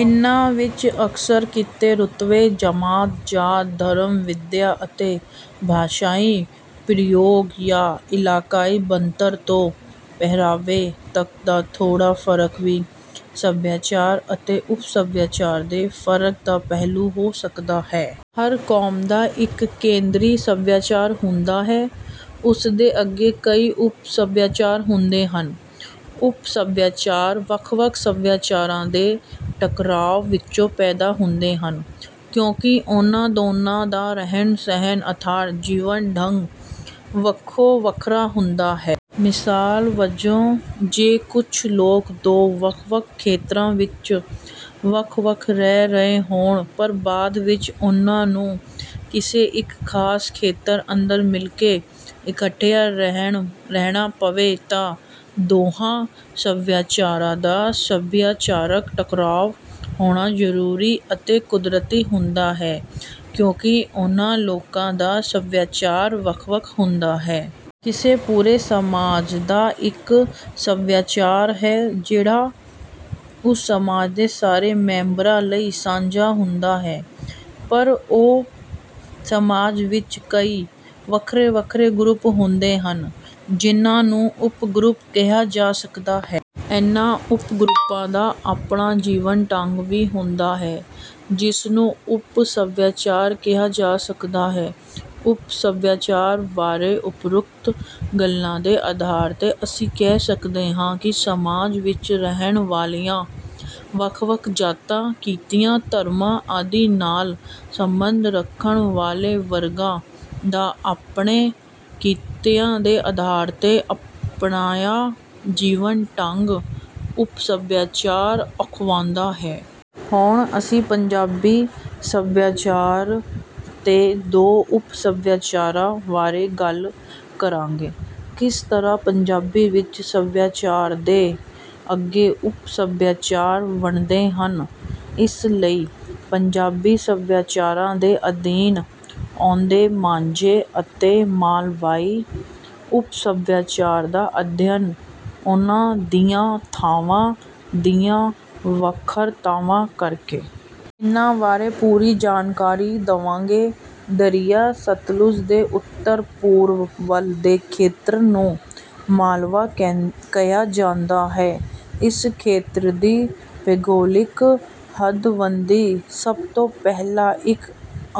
ਇਨ੍ਹਾਂ ਵਿੱਚ ਅਕਸਰ ਕਿੱਤੇ, ਰੁਤਬੇ, ਜਮਾਤ, ਜਾਤ, ਧਰਮ, ਵਿਦਿਆ ਅਤੇ ਭਾਸ਼ਾਈ ਪ੍ਰਯੋਗ ਜਾਂ ਇਲਾਕਾਈ ਬਣਤਰ ਤੋਂ ਪਹਿਰਾਵੇ ਤੱਕ ਦਾ ਥੋੜ੍ਹਾ ਫਰਕ ਵੀ ਸਭਿਆਚਾਰ ਅਤੇ ਉਪ ਸਭਿਆਚਾਰ ਦੇ ਫਰਕ ਦਾ ਪਹਿਲੂ ਹੋ ਸਕਦਾ ਹੈ। ਹਰ ਕੌਮ ਦਾ ਇਕ ਕੇਂਦਰੀ ਸਭਿਆਚਾਰ ਹੁੰਦਾ ਹੈ। ਉਸ ਦੇ ਅੱਗੇ ਕਈ ਉਪ ਸਭਿਆਚਾਰ ਹੁੰਦੇ ਹਨ। ਉਪ-ਸਭਿਆਚਾਰ ਵੱਖ-ਵੱਖ ਸਭਿਆਚਾਰਾਂ ਦੇ ਟਕਰਾਅ ਵਿੱਚੋਂ ਪੈਦਾ ਹੁੰਦੇ ਹਨ। ਕਿਉਂਕਿ ਉਨ੍ਹਾਂ ਦੋਹਾਂ ਦਾ ਰਹਿਣ-ਸਹਿਣ ਅਰਥਾਤ ਜੀਵਨ-ਢੰਗ ਵੱਖੋ-ਵੱਖਰਾ ਹੁੰਦਾ ਹੈ। ਮਿਸਾਲ ਵਜੋਂ ਜੇ ਕੁੱਝ ਲੋਕ ਦੋ ਵੱਖ-ਵੱਖ ਖੇਤਰਾਂ ਵਿੱਚ ਵੱਖ-ਵੱਖ ਰਹਿ ਰਹੇ ਹੋਣ ਪਰ ਬਾਅਦ ਵਿੱਚ ਉਨ੍ਹਾਂ ਨੂੰ ਕਿਸੇ ਇਕ ਖਾਸ ਖੇਤਰ ਅੰਦਰ ਮਿਲਕੇ ਇਕੱਠਿਆਂ ਰਹਿਣਾ ਪਵੇ ਤਾਂ ਦੋਹਾਂ ਸਭਿਆਚਾਰਾਂ ਦਾ ਸਭਿਆਚਾਰਕ ਟਕਰਾਅ ਹੋਣਾ ਜ਼ਰੂਰੀ ਅਤੇ ਕੁਦਰਤੀ ਹੁੰਦਾ ਹੈ ਕਿਉਂਕਿ ਉਨ੍ਹਾਂ ਲੋਕਾਂ ਦਾ ਸਭਿਆਚਾਰ ਵੱਖ-ਵੱਖ ਹੁੰਦਾ ਹੈ। ਕਿਸੇ ਪੂਰੇ ਸਮਾਜ ਦਾ ਇਕ ਸਭਿਆਚਾਰ ਹੈ ਜਿਹੜਾ ਉਸ ਸਮਾਜ ਦੇ ਸਾਰੇ ਮੈਂਬਰਾਂ ਲਈ ਸਾਂਝਾ ਹੁੰਦਾ ਹੈ। ਪਰ ਉਹ ਸਮਾਜ ਵਿੱਚ ਕਈ ਵੱਖਰੇ-ਵੱਖਰੇ ਗਰੁੱਪ ਹੁੰਦੇ ਹਨ। ਜਿਨ੍ਹਾਂ ਨੂੰ ਉਪ-ਗਰੁੱਪ ਕਿਹਾ ਜਾ ਸਕਦਾ ਹੈ। ਇਨ੍ਹਾਂ ਉਪ-ਗਰੁੱਪਾਂ ਦਾ ਆਪਣਾ ਜੀਵਨ ਢੰਗ ਵੀ ਹੁੰਦਾ ਹੈ ਜਿਸ ਨੂੰ ਉਪ-ਸਭਿਆਚਾਰ ਕਿਹਾ ਜਾ ਸਕਦਾ ਹੈ। ਉਪ ਸਭਿਆਚਾਰ ਬਾਰੇ ਉਪਰੋਕਤ ਗੱਲਾਂ ਦੇ ਆਧਾਰ ਤੇ ਅਸੀਂ ਕਹਿ ਸਕਦੇ ਹਾਂ ਕਿ ਸਮਾਜ ਵਿੱਚ ਰਹਿਣ ਵਾਲੀਆਂ ਵੱਖ-ਵੱਖ ਜਾਤਾਂ, ਕਿੱਤਿਆਂ, ਧਰਮਾਂ ਆਦਿ ਨਾਲ ਸਬੰਧ ਰੱਖਣ ਵਾਲੇ ਵਰਗਾਂ ਦਾ ਆਪਣੇ ਕਿੱਤਿਆਂ ਦੇ ਆਧਾਰ ਤੇ ਅਪਣਾਇਆ ਜੀਵਨ-ਢੰਗ ਉਪ-ਸਭਿਆਚਾਰ ਅਖਵਾਉਂਦਾ ਹੈ। ਹੁਣ ਅਸੀਂ ਪੰਜਾਬੀ ਸਭਿਆਚਾਰ ਤੇ ਦੋ ਉਪ-ਸਭਿਆਚਾਰਾਂ ਬਾਰੇ ਗੱਲ ਕਰਾਂਗੇ। ਕਿਸ ਤਰ੍ਹਾਂ ਪੰਜਾਬੀ ਵਿੱਚ ਸੱਭਿਆਚਾਰ ਦੇ ਅੱਗੇ ਉਪ-ਸਭਿਆਚਾਰ ਬਣਦੇ ਹਨ ਇਸ ਲਈ ਪੰਜਾਬੀ ਸੱਭਿਆਚਾਰਾਂ ਦੇ ਅਧੀਨ ਆਉਂਦੇ ਮਾਝੇ ਅਤੇ ਮਾਲਵਈ ਉਪ-ਸੱਭਿਆਚਾਰ ਦਾ ਅਧਿਐਨ ਉਨ੍ਹਾਂ ਦੀਆਂ ਥਾਂਵਾਂ ਦੀਆਂ ਵੱਖਰਤਾਵਾਂ ਕਰਕੇ। ਇਨ੍ਹਾਂ ਬਾਰੇ ਪੂਰੀ ਜਾਣਕਾਰੀ ਦੇਵਾਂਗੇ। ਦਰਿਆ ਸਤਲੁਜ ਦੇ ਉੱਤਰ-ਪੂਰਬ ਵੱਲ ਦੇ ਖੇਤਰ ਨੂੰ 'ਮਾਲਵਾ' ਕਿਹਾ ਜਾਂਦਾ ਹੈ। ਇਸ ਖੇਤਰ ਦੀ ਭੂਗੋਲਿਕ ਹੱਦ-ਬੰਦੀ ਸਭ ਤੋਂ ਪਹਿਲਾਂ ਇਕ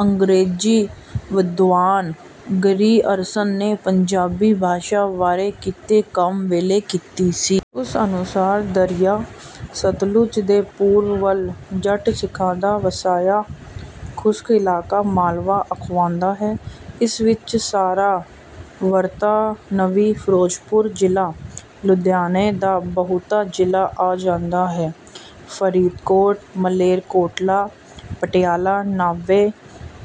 ਅੰਗਰੇਜ਼ੀ ਵਿਦਵਾਨ ਗਰੀਅਰਸਨ ਨੇ ਪੰਜਾਬੀ ਭਾਸ਼ਾ ਬਾਰੇ ਕੀਤੇ ਕੰਮ ਵੇਲੇ ਕੀਤੀ ਸੀ। ਉਸ ਅਨੁਸਾਰ, "ਦਰਿਆ ਸਤਲੁਜ ਦੇ ਪੂਰਬ ਵੱਲ ਜੱਟ ਸਿੱਖਾਂ ਦਾ ਵਸਾਇਆ ਖੁਸਕ ਇਲਾਕਾ ਮਾਲਵਾ ਅਖਵਾਉਂਦਾ ਹੈ। ਇਸ ਵਿੱਚ ਸਾਰਾ ਬਰਤਾਨਵੀ ਫਿਰੋਜਪੁਰ ਜ਼ਿਲ੍ਹਾ, ਲੁਧਿਆਣੇ ਦਾ ਬਹੁਤਾ ਜ਼ਿਲ੍ਹਾ ਆ ਜਾਂਦਾ ਹੈ। ਫ਼ਰੀਦਕੋਟ, ਮਲੇਰਕੋਟਲਾ, ਪਟਿਆਲਾ,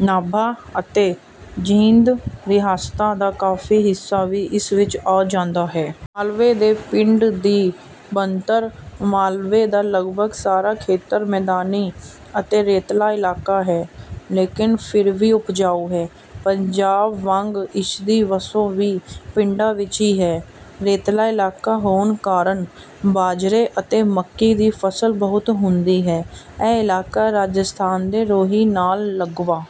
ਨਾਭਾ ਅਤੇ ਜੀਂਦ ਰਿਆਸਤਾਂ ਦਾ ਕਾਫ਼ੀ ਹਿੱਸਾ ਵੀ ਇਸ ਵਿੱਚ ਆ ਜਾਂਦਾ ਹੈ। ਮਾਲਵੇ ਦੇ ਪਿੰਡ ਦੀ ਬਣਤਰ, ਮਾਲਵੇ ਦਾ ਲਗਭਗ ਸਾਰਾ ਖੇਤਰ ਮੈਦਾਨੀ ਅਤੇ ਰੇਤਲਾ ਇਲਾਕਾ ਹੈ ਲੇਕਿਨ ਫਿਰ ਵੀ ਉਪਜਾਊ ਹੈ। ਪੰਜਾਬ ਵਾਂਗ ਇਸਦੀ ਵਸੋਂ ਵੀ ਪਿੰਡਾਂ ਵਿੱਚ ਹੀ ਹੈ। ਰੇਤਲਾ ਇਲਾਕਾ ਹੋਣ ਕਾਰਨ ਬਾਜਰੇ ਅਤੇ ਮੱਕੀ ਦੀ ਫਸਲ ਬਹੁਤ ਹੁੰਦੀ ਹੈ। ਇਹ ਇਲਾਕਾ ਰਾਜਸਥਾਨ ਦੇ ਰੋਹੀ ਨਾਲ ਲੱਗਵਾਂ